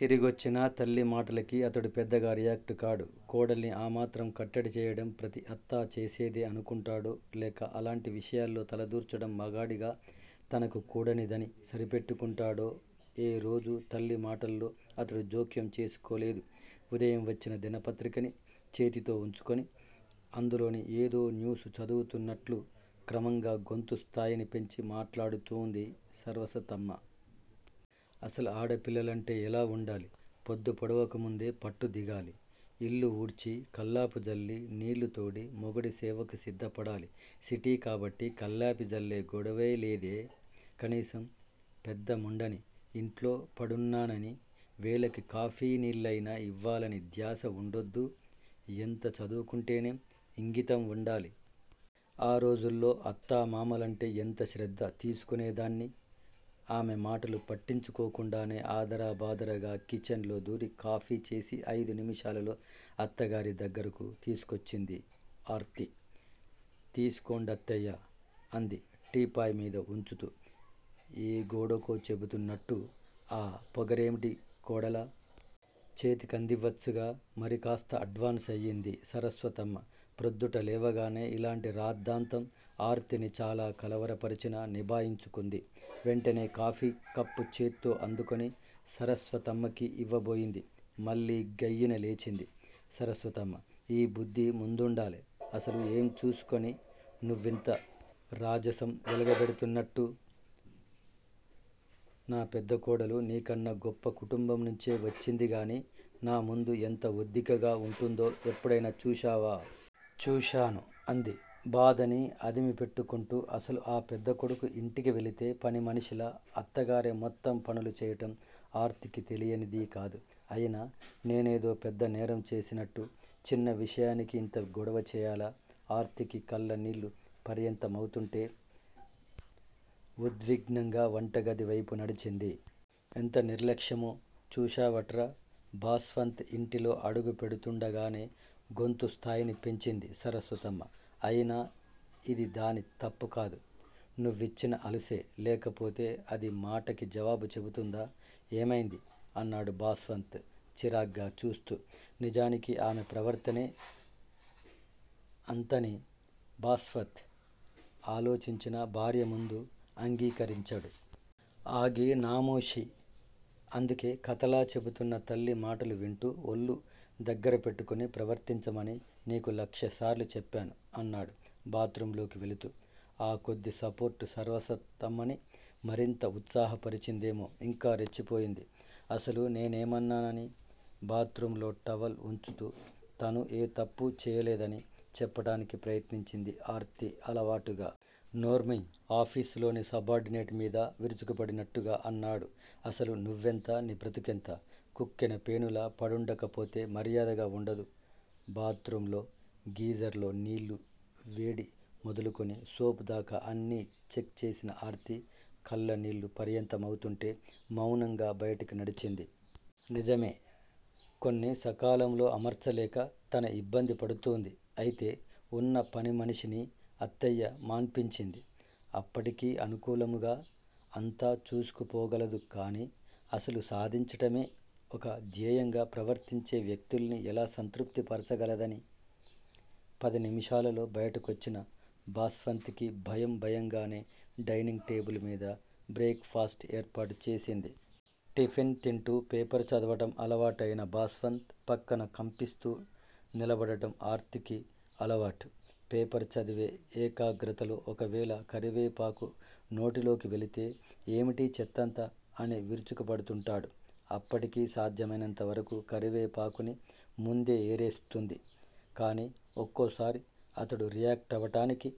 తిరిగొచ్చినా తల్లి మాటలకి అతడు పెద్దగా రియాక్ట్. కాడు. కోడలిని ఆమాత్రం కట్టడి చేయడం ప్రతి అత్తా చేసేదే అనుకుంటాడో లేక అలాంటి విషయాల్లో తలదూర్చడం మగాడిగా తనకు కూడనిదని సరిపెట్టుకుంటాడో ఏ రోజూ తల్లి మాటల్లో అతడు జోక్యం చేసుకోలేదు. ఉదయం వచ్చిన దినపత్రికని చేతితో ఉంచుకుని అందులోని ఏదో న్యూస్ చదువుతున్నట్లు క్రమంగా గొంతు స్థాయిని పెంచి మాట్లాడుతూంది సరస్వతమ్మా. అసలు ఆడపిల్లలంటే ఎలా వుండాలి? పొద్దు పొడవకముందే పట్టు దిగాలి. ఇల్లు ఊడ్చి, కళ్ళాపి జల్లి, నీళ్ళూ తోడి మొగుడి సేవకి సిద్ధపడాలి. సిటీ కాబట్టి కాళ్ళాపి జల్లే గొడవలేదే, కనీసం పెద్దముండని ఇంట్లో పడున్నాననీ, వేళకి కాఫీ నీళ్ళయినా ఇవ్వాలనీ ధ్యాస ఉండొద్దూ. ఎంత చదువుకుంటేనేం ఇంగితం వుండాలి. ఆ రోజుల్లో అత్తా, మామలంటే ఎంత శ్రద్ధ తీసుకునేదాన్ని ఆమె మాటలు పట్టించుకోకుండానే ఆదరబాదరాగా కిచెన్ లో దూరి కాఫీ చేసి అయిదు నిమిషాలలో అత్తగారి దగ్గరకు తీసుకొచ్చింది ఆర్తి. తీసుకోండత్తయ్యా అంది టీపాయ్ మీద వుంచుతూ. ఏ గోడకో చెబుతున్నట్టు ఆ పొగరేమిటి కోడలా! చేతికందివచ్చుగా? మరికాస్త అడ్వాన్సయింది సరస్వతమ్మ. ప్రొద్దుట లేవగానే ఇలాంటి రాద్ధాంతం ఆర్తిని చాలా కలవరపరిచినా నిభాయించుకుంది. వెంటనే కాఫీ కప్పుచేత్తో అందుకుని సరస్వతమ్మకి యివ్వబోయింది. మళ్ళీ గయ్యి న లేచింది సరస్వతమ్మ. ఈబుద్ది ముందుండాలే. అసలు ఏం చూసుకుని నువ్వింత రాజసం వెలగబెడుతున్నట్టు? నా పెద్ద కోడలు నీకన్నా గొప్ప కుటుంబం నుంచే వచ్చిందిగాని నా ముందు ఎంత ఒద్దికగా వుంటుందో ఎప్పుడయినా చూశావా? చూశాను అంది బాధని అదిమి పెట్టుకుంటూ. ఆసలు ఆ పెద్ద కొడుకు ఇంటికి వెళితే పనిమనిషిలా అత్తగారే మొత్తం పనులు చేయటం ఆర్తికి తెలీనిది కాదు. అయినా నేనేదో పెద్ద నేరం చేసినట్టు చిన్న విషయానికి ఇంత గొడవ చేయాలా? ఆర్తికి కళ్ళనీళ్ల పర్యంతమౌతుంటే వుద్విగ్నంగా వంటగది వైపు నడిచింది. ఎంత నిర్లక్ష్యమో చూశావట్రా? భాస్వంత్ ఇంటిలో అడుగుపెటుతుండగానే గొంతు స్థాయిని పెంచింది సరస్వతమ్మ. అయినా ఇది దాని తప్పు కాదు నువ్విచ్చిన అలుసే. లేకపోతే అది మాటకి జవాబు చెబుతుందా? ఏమైంది? అన్నాడు భాస్వంత్ చికాగ్గా చూస్తూ. నిజానికి ఆమె ప్రవర్తనే అంతని భాస్వంత్ ఆలోచించినా భార్యముందు అంగీకరించడు. ఆగి నామోషీ. అందుకే కథలా చెబుతున్న తల్లి మాటలు వింటూ ఒళ్ళు దగ్గరపెట్టుకుని ప్రవర్తించమని నీకు లక్షసార్లు చెప్పాను అన్నాడు బాత్ రూంలోకి వెళుతూ. ఆ కొద్ది సపోర్ట్ సరస్వతమ్మని మరింత ఉత్సాహపరిచిందేమో ఇంకా రెచ్చిపోయింది. అసలు నేనేమన్నానని? బాత్ రూంలో టవల్ వుంచుతూ తను ఏ తప్ప్పూ చేయలేదని చెప్పటానికి ప్రయత్నించింది ఆర్తి అలవాటుగా. నోర్ముయ్! ఆఫీసులోని సబార్డినేట్ మీద విరుచుకుపడినట్టుగా అన్నాడు అసలు నువ్వెంత నీ బ్రతుకెంత? కుక్కిన పేనులా పడుండకపోతే మర్యాదగా వుండదు. బాత్ రూంలో గీజర్ లో నీళ్ళూ వేడి మొదలుకుని సోప్ దాకా అన్నీ చెక్ చేసిన ఆర్తి కళ్ళనీళ్ళు పర్యంతమవుతుంటే మౌనంగా బయటికి నడిచింది. నిజమే! కొన్ని సకాలంలో అమర్చలేక తన ఇబ్బంది పడుతూంది. అయితే ఉన్న పనిమనిషినీ అత్తయ్య మాన్పించింది. అప్పటికీ అనుకూలముగా అంతా చేసుకుపోగలదుకాని అసలు సాధించడమే ఒక ధ్యేయంగా ప్రవర్తించే వ్యక్తుల్ని ఎలా సంతృప్తి పరచగలదని. పది నిమిషాలలో బయటకొచ్చిన భాస్వంత్ కి భయం భయంగానే డైనింగ్ టేబుల్ మీద భ్రేక్ ఫాస్ట్ ఏర్పాటు చేసింది. టిఫిన్ తింటూ పేపర్ చదవడం అలవాటయిన భాస్వంత్ పక్కన కంపిస్తూ నిలబడటం ఆర్తికి అలవాటు. పేపర్ చదివే ఏకగ్రతలోఒకవేళ కరివేపాకు నోటిలోకి వెళితే 'ఏమిటీ చెత్తంతా? ' అని విరుచుకుపడుతుంటాడు. అప్పటికీ సాధ్యమైనంత వరకూ కరివేపాకుని ముందే ఏరేస్తుంది. కానీ ఒక్కోసారి అతడు రియాక్టవటానికి